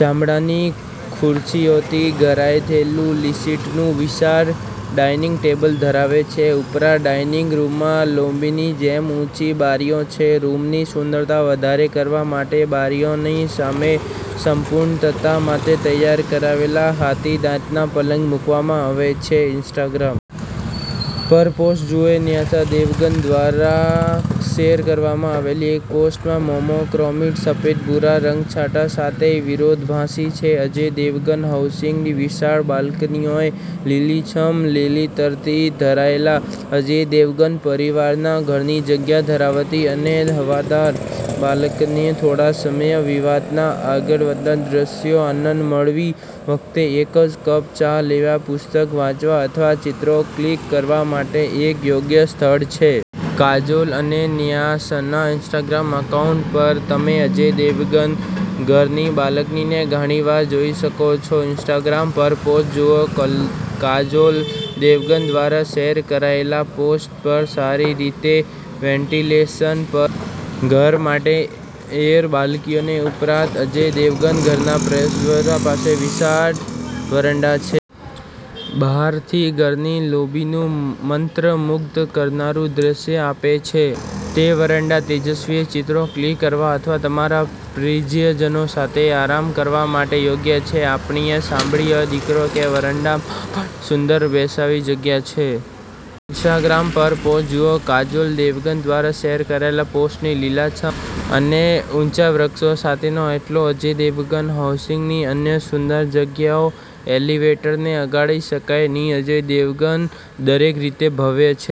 ચામડાની ખુરશીઓથી ઘરાયજેલું લીસીટરનું વિશાળ dining table ધરાવે છે. ઉપરાંત, ડાઇનિંગ રૂમમાં લોબીની જેમ ઊંચી બારીઓ છે. રૂમની સુંદરતામાં વધારો કરવા માટે બારીઓની સામે, સંપૂર્ણતતા માટે તૈયાર કરાયેલ હાથીદાંતના પલંગ મૂકવામાં આવે છે. ઇન્સ્ટાગ્રામ પરપોસ્ટ જુઓ ન્યાસા દેવગન દ્વારા શેર કરવામાં આવેલી એક પોસ્ટ મા મોનોક્રોમેટિક સફેદ ભૂરા રંગછાટા સાથે વિરોધભાસી છે અજય દેવગન હાઉસની વિશાળ બાલ્કનીઓ લીલીછમ લીલોતરીથી ઘેરાયેલ, અજય દેવગન પરિવારના ઘરની જગ્યા ધરાવતી અને હવાદાર બાલ્કની થોડો સમય વિવાદના આગળ વધતા દૃશ્યો આનંદ મળવી વખતે એકજ કપ ચા લેવા, પુસ્તક વાંચવા અથવા ચિત્રો ક્લિક કરવા માટે એક યોગ્ય સ્થળ છે. કાજોલ અને ન્યાસાના ઇન્સ્ટાગ્રામ એકાઉન્ટ્સ પર તમે અજય દેવગન ઘરનીબાલ્કનીને ઘણીવાર જોઈ શકો છો. ઇન્સ્ટાગ્રામ પરપોસ્ટ જુઓ કલ કાજોલ દેવગન દ્વારા શેર કરાયેલા પોસ્ટ સારી રીતે વેન્ટિલેટેડ પર ઘર માટે એર બાલ્કનીઓ ઉપરાંત, અજય દેવગનના ઘરના પ્રવેશદ્વાર પાસે વિશાળ વરંડા છે. બહારથી ઘરની લોબીનું મંત્રમુગ્ધ કરનારું દૃશ્ય આપે છે તે વરંડા તેજસ્વી ચિત્રો ક્લિક કરવા અથવા તમારા પ્રિજીય જનો સાથે આરામ કરવા માટે યોગ્ય છે. આપણે સાંભળીએ છીએ કે વરંડામાં પણ સુંદર બેસવાની જગ્યા છે. ઇન્સ્ટાગ્રામ પર પોસ્ટ જુઓ કાજોલ દેવગન દ્વારા શેર કરાયેલ પોસ્ટ લીલાછમ અને ઊંચા વૃક્ષો સાથેનો ઓટલો અજય દેવગન હાઉસની અન્ય સુંદર જગ્યાઓ એલિવેટરને અગાડી શકાય નહીં અજય દેવગન દરેક રીતે ભવ્ય છે.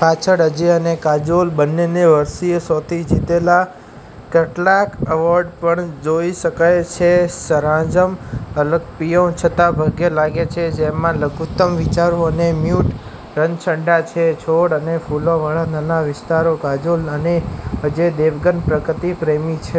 પાછળ, અજય અને કાજોલ બંનેએ વર્ષીય સોટી જીતેલા કેટલાક એવોર્ડ્સ પણ જોઈ શકાય છે. સરંજામ અલ્પક્તિપૂર્ણ છતાં ભવ્ય લાગે છે, જેમાં લઘુત્તમ ઉચ્ચારો અને મ્યૂટ રંગછટા છે. છોડ અને ફૂલોવાળા નાના વિસ્તારો કાજોલ અને અજય દેવગન પ્રકૃત પ્રેમી છે.